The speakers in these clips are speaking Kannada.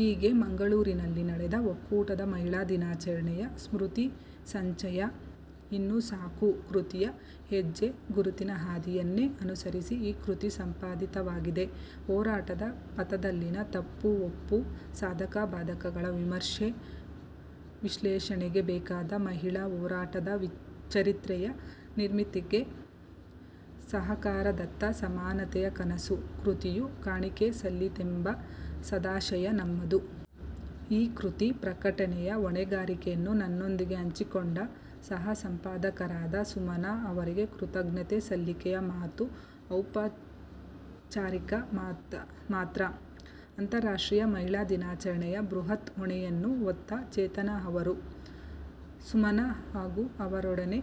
ಹೀಗೆ, ಮಂಗಳೂರಿನಲ್ಲಿ ನಡೆದ ಒಕ್ಕೂಟದ ಮಹಿಳಾ ದಿನಾಚರಣೆಯ ಸ್ಮೃತಿ ಸಂಚಯ 'ಇನ್ನು ಸಾಕು' ಕೃತಿಯ ಹೆಜ್ಜೆ ಗುರುತಿನ ಹಾದಿಯನ್ನೇ ಅನುಸರಿಸಿ ಈ ಕೃತಿ ಸಂಪಾದಿತವಾಗಿದೆ. ಹೋರಾಟದ ಪಥದಲ್ಲಿನ ತಪ್ಪು-ಒಪ್ಪು, ಸಾಧಕ-ಬಾಧಕಗಳ ವಿಮರ್ಶೆ, ವಿಶ್ಲೇಷಣೆಗೆ ಬೇಕಾದ ಮಹಿಳಾ ಹೋರಾಟದ ಚರಿತ್ರೆಯ ನಿರ್ಮಿತಿಗೆ 'ಸಾಕಾರದತ್ತ ಸಮಾನತೆಯ ಕನಸು' ಕೃತಿಯು ಕಾಣಿಕೆ ಸಲ್ಲಿಸೀತೆಂಬ ಸದಾಶಯ ನಮ್ಮದು. ಈ ಕೃತಿ ಪ್ರಕಟನೆಯ ಹೊಣೆಗಾರಿಕೆಯನ್ನು ನನ್ನೊಂದಿಗೆ ಹಂಚಿಕೊಂಡ ಸಹಸಂಪಾದಕರಾದ ಸುಮನಾ ಅವರಿಗೆ ಕೃತಜ್ಞತೆ ಸಲ್ಲಿಕೆಯ ಮಾತು ಔಪಚಾರಿಕ ಮಾತ್ರ. ಅಂತಾರಾಷ್ಟ್ರೀಯ ಮಹಿಳಾ ದಿನಾಚರಣೆಯ ಬೃಹತ್ ಹೊಣೆಯನ್ನು ಹೊತ್ತ ಚೇತನ ಅವರು. ಸುಮನಾ ಹಾಗೂ ಅವರೊಡನೆ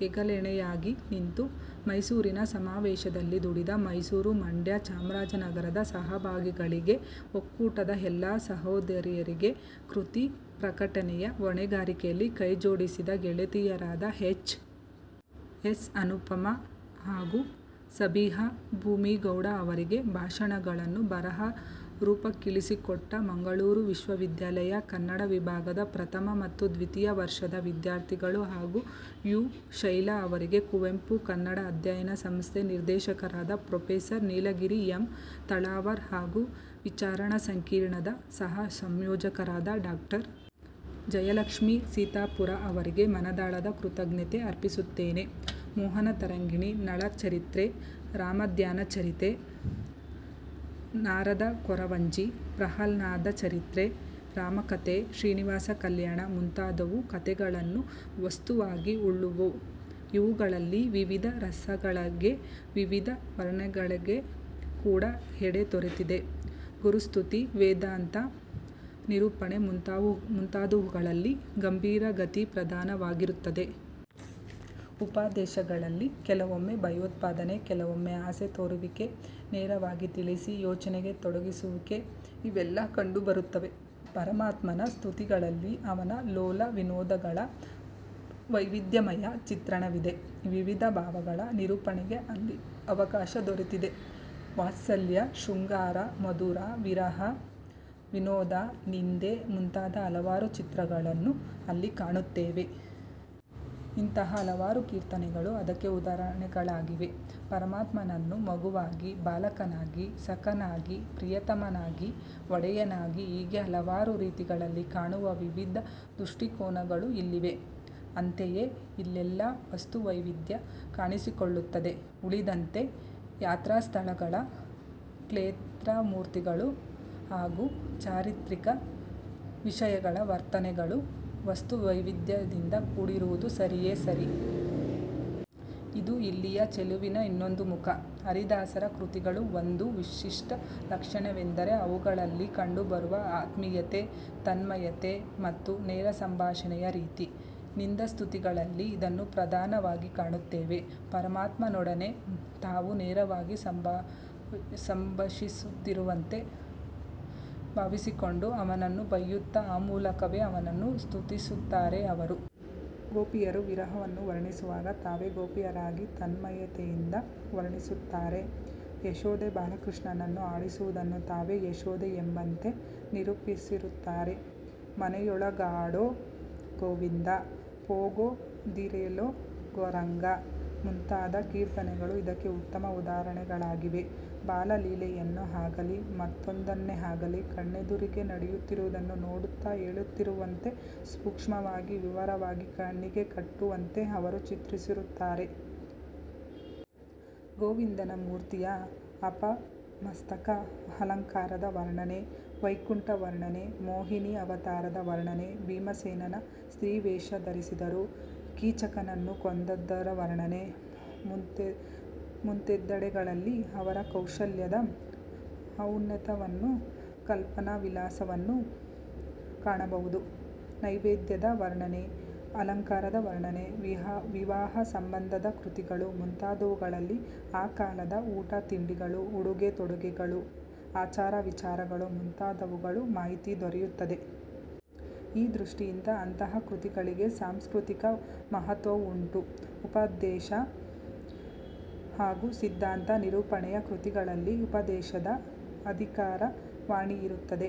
ಹೆಗಲೆಣೆಯಾಗಿ ನಿಂತು ಮೈಸೂರಿನ ಸಮಾವೇಶದಲ್ಲಿ ದುಡಿದ ಮೈಸೂರು-ಮಂಡ್ಯ-ಚಾಮರಾಜನಗರದ ಸಹಭಾಗಿಗಳಿಗೆ; ಒಕ್ಕೂಟದ ಎಲ್ಲಾ ಸೋದರಿ ್ಯರಿಗೆ; ಕೃತಿ ಪ್ರಕಟನೆಯ ಹೊಣೆಗಾರಿಕೆಯಲ್ಲಿ ಕೈಜೋಡಿಸಿದ ಗೆಳತಿಯರಾದ ಎಚ್. ಎಸ್. ಅನುಪಮಾ ಹಾಗೂ ಸಬಿಹಾ ಭೂಮಿಗೌಡ ಅವರಿಗೆ; ಭಾಷಣಗಳನ್ನು ಬರಹ ರೂಪಕ್ಕಿಳಿಸಿಕೊಟ್ಟ ಮಂಗಳೂರು ವಿಶ್ವ ವಿದ್ಯಾಲಯ, ಕನ್ನಡ ವಿಭಾಗದ ಪ್ರಥಮ ಮತ್ತು ದ್ವಿತೀಯ ವರ್ಷದ ವಿದ್ಯಾರ್ಥಿಗಳು ಹಾಗೂ ಯು. ಶೈಲಾ ಅವರಿಗೆ ಕುವೆಂಪು ಕನ್ನಡ ಅಧ್ಯಯನ ಸಂಸ್ಥೆಯ ನಿರ್ದೇಶಕರಾದ ಪ್ರೊಫೆಸರ್ ನೀಲಗಿರಿ ಎಂ. ತಳವಾರ್ ಹಾಗೂ ವಿಚಾರ ಸಂಕಿರಣದ ಸಹ ಸಂಯೋಜಕರಾದ ಡಾ. ಜಯಲಕ್ಷ್ಮೀ ಸೀತಾಪುರ ಅವರಿಗೆ ಮನದಾಳದ ಕೃತಜ್ಞತೆ ಅರ್ಪಿಸುತ್ತೇನೆ. ಮೋಹನ ತರಂಗಿಣಿ, ನಳಚರಿತ್ರೆ, ರಾಮಧಾನ್ಯ ಚರಿತ್ರೆ, ನಾರದ ಕೊರವಂಜಿ, ಪ್ರಹ್ಲಾದಚರಿತ್ರೆ, ರಾಮಕಥೆ, ಶ್ರೀನಿವಾಸ ಕಲ್ಯಾಣ ಮುಂತಾದುವು ಕಥೆಗಳನ್ನು ವಸ್ತುವಾಗಿ ಉಳ್ಳುವು. ಇವುಗಳಲ್ಲಿ ವಿವಿಧ ರಸಗಳಿಗೆ ವಿವಿಧ ವರ್ಣನೆಗಳಿಗೆ ಕೂಡ ಎಡೆ ದೊರೆತಿದೆ. ಗುರುಸ್ತುತಿ, ವೇದಾಂತ ನಿರೂಪಣೆ ಮುಂತಾದುವುಗಳಲ್ಲಿ ಗಂಭೀರ ಗತಿ ಪ್ರಧಾನವಾಗಿರುತ್ತದೆ. ಉಪದೇಶಾದಿಗಳಲ್ಲಿ ಕೆಲವೊಮ್ಮೆ ಭಯೋತ್ಪಾದನೆ, ಕೆಲವೊಮ್ಮೆ ಆಸೆ ತೋರಿಸುವಿಕೆ ನೇರವಾಗಿ ತಿಳಿಸಿ ಯೋಚನೆಗೆ ತೊಡಗಿಸುವುಕೆ ಇವೆಲ್ಲ ಕಂಡುಬರುತ್ತವೆ. ಪರಮಾತ್ಮನ ಸ್ತುತಿಗಳಲ್ಲಿ ಅವನ ಲೋಲಾವಿನೋದಗಳ ವೈವಿಧ್ಯಮಯ ಚಿತ್ರಣವಿದೆ. ವಿವಿಧ ಭಾವಗಳ ನಿರೂಪಣೆಗೆ ಅಲ್ಲಿ ಅವಕಾಶ ದೊರೆತಿದೆ. ವಾತ್ಸಲ್ಯ, ಶೃಂಗಾರ, ಮಧುರ, ವಿರಹ, ವಿನೋದ, ನಿಂದೆ ಮುಂತಾದ ಹಲವಾರು ಚಿತ್ರಗಳನ್ನು ಅಲ್ಲಿ ಕಾಣುತ್ತೇವೆ. ಇಂತಹ ಹಲವಾರು ಕೀರ್ತನೆಗಳು ಅದಕ್ಕೆ ಉದಾಹರಣೆಗಳಾಗಿವೆ. ಪರಮಾತ್ಮನನ್ನು ಮಗುವಾಗಿ, ಬಾಲಕನಾಗಿ, ಸಖನಾಗಿ, ಪ್ರಿಯತಮನಾಗಿ, ಒಡೆಯನಾಗಿ ಹೀಗೆ ಹಲವಾರು ರೀತಿಗಳಲ್ಲಿ ಕಾಣುವ ವಿವಿಧ ದೃಷ್ಟಿಕೋನಗಳು ಇಲ್ಲಿವೆ. ಅಂತೆಯೇ ಇಲ್ಲೆಲ್ಲ ವಸ್ತು ವೈವಿಧ್ಯ ಕಾಣಿಸಿಕೊಳ್ಳುತ್ತದೆ. ಉಳಿದಂತೆ ಯಾತ್ರಸ್ಥಳಗಳ, ಕ್ಲೇತ್ರಮೂರ್ತಿಗಳ ಹಾಗೂ ಚಾರಿತ್ರಿಕ ವಿಷಯಗಳ ವರ್ಣನೆಗಳು ವಸ್ತು ವೈವಿಧ್ಯದಿಂದ ಕೂಡಿರುವುದು ಸರಿಯೇ ಸರಿ. ಇದು ಇಲ್ಲಿಯ ಚೆಲುವಿನ ಇನ್ನೊಂದು ಮುಖ. ಹರಿದಾಸರ ಕೃತಿಗಳ ಒಂದು ವಿಶಿಷ್ಟ ಲಕ್ಷಣವೆಂದರೆ ಅವುಗಳಲ್ಲಿ ಕಂಡುಬರುವ ಆತ್ಮೀಯತೆ, ತನ್ಮಯತೆ ಮತ್ತು ನೇರಸಂಭಾಷಣೆಯ ರೀತಿ. ನಿಂದಾಸ್ತುತಿಗಳಲ್ಲಿ ಇದನ್ನು ಪ್ರಧಾನವಾಗಿ ಕಾಣುತ್ತೇವೆ. ಪರಮಾತ್ಮನೊಡನೆ ತಾವು ನೇರವಾಗಿ ಸಂಭಾಷಿಸುತ್ತಿರುವಂತೆ ಭಾವಿಸಿಕೊಂಡು ಅವನನ್ನು ಬೈಯುತ್ತ ಆ ಮೂಲಕವೇ ಅವನನ್ನು ಸ್ತುತಿಸುತ್ತಾರೆ ಅವರು. ಗೋಪಿಯರ ವಿರಹವನ್ನು ವರ್ಣಿಸುವಾಗ ತಾವೇ ಗೋಪಿಯರಾಗಿ ತನ್ಮಯತೆಯಿಂದ ವರ್ಣಿಸುತ್ತಾರೆ. ಯಶೋದೆ ಬಾಲಕೃಷ್ಣನನ್ನು ಆಡಿಸುವುದನ್ನು ತಾವೇ ಯಶೋದೆಯೆಂಬಂತೆ ನಿರೂಪಿಸುತ್ತಾರೆ. "ಮನೆಯೊಳಗಾಡೊ ಗೋವಿಂದ" ಪೋಗ ದಿರೆಲೊ ರಂಗ" ಮುಂತಾದ ಕೀರ್ತನೆಗಳು ಇದಕ್ಕೆ ಉತ್ತಮ ಉದಾಹರಣೆಗಳಾಗಿವೆ. ಬಾಲಲೀಲೆಯನ್ನೇ ಆಗಲಿ ಮತ್ತೊಂದನ್ನೇ ಆಗಲಿ, ಕಣ್ಣೆದುರಿಗೆ ನಡೆಯುತ್ತಿರುವುದನ್ನು ನೋಡುತ್ತಾ ಹೇಳುತ್ತಿರುವವಂತೆ ಸೂಕ್ಷ್ಮವಾಗಿ ವಿವರವಾಗಿ ಕಣ್ಣಿಗೆ ಕಟ್ಟುವಂತೆ ಅವರು ಚಿತ್ರಿಸುತ್ತಾರೆ. ಗೋವಿಂದನ ಮೂರ್ತಿಯ ಆಪಾದಮಸ್ತಕ ಅಲಂಕಾರದ ವರ್ಣನೆ, ವೈಕುಂಠ ವರ್ಣನೆ, ಮೋಹಿನೀ ಅವತಾರದ ವರ್ಣನೆ, ಭೀಮಸೇನ ಸ್ತ್ರೀವೇಷ ಧರಿಸಿದ್ದರು, ಕೀಚಕನನ್ನು ಕೊಂದದ್ದರ ವರ್ಣನೆ ಮುಂತಾದೆಡೆಗಳಲ್ಲಿ ಅವರ ಕೌಶಲದ ಔನ್ನತ್ಯವನ್ನೂ ಕಲ್ಪನ್ನವಿಲಾಸವನ್ನೂ ಕಾಣಬಹುದು. ನೈವೇದ್ಯದ ವರ್ಣನೆ, ಅಲಂಕಾರದ ವರ್ಣನೆ, ವಿವಾಹಸಂಬಂಧದ ಕೃತಿಗಳು ಮುಂತಾದವುಗಳಲ್ಲಿ ಆ ಕಾಲದ ಊಟತಿಂಡಿಗಳು, ಉಡುಗೆತೊಡುಗೆಗಳು, ಆಚಾರವಿಚಾರಗಳು ಮುಂತಾದವುಗಳ ಮಾಹಿತಿ ದೊರೆಯುತ್ತದೆ. ಈ ದೃಷ್ಟಿಯಿಂದ ಅಂತಹ ಕೃತಿಗಳಿಗೆ ಸಾಂಸ್ಕೃತಿಕ ಮಹತ್ವವೂ ಉಂಟು. ಉಪದೇಶ ಹಾಗೂ ಸಿದ್ಧಾಂತ ನಿರೂಪಣೆಯ ಕೃತಿಗಳಲ್ಲಿ ಉಪದೇಶದ ಅಧಿಕಾರವಾಣಿಯಿರುತ್ತದೆ.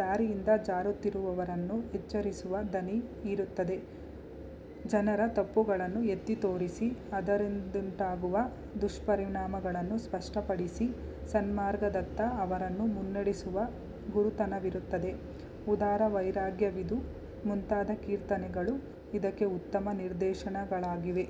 ದಾರಿಯಿಂದ ಜಾರುತ್ತಿರುವವರನ್ನು ಎಚ್ಚರಿಸುವ ದನಿಯಿರುತ್ತದೆ. ಜನರ ತಪ್ಪುಗಳನ್ನು ಎತ್ತಿತೋರಿಸಿ, ಅದರಿಂದುಂಟಾಗುವ ದುಷ್ಪರಿಣಾಮಗಳನ್ನು ಸ್ಪಷ್ಟಪಡಿಸಿ, ಸನ್ಮಾರ್ಗದತ್ತ ಅವರನ್ನು ಮುನ್ನೆಡೆಸುವ ಗುರುತನವಿರುತ್ತದೆ. ಉದರವೈರಾಗ್ಯವಿದು ಮುಂತಾದ ಕೀರ್ತನೆಗಳು ಇದಕ್ಕೆ ಉತ್ತಮ ನಿದರ್ಶನಗಳಾಗಿವೆ.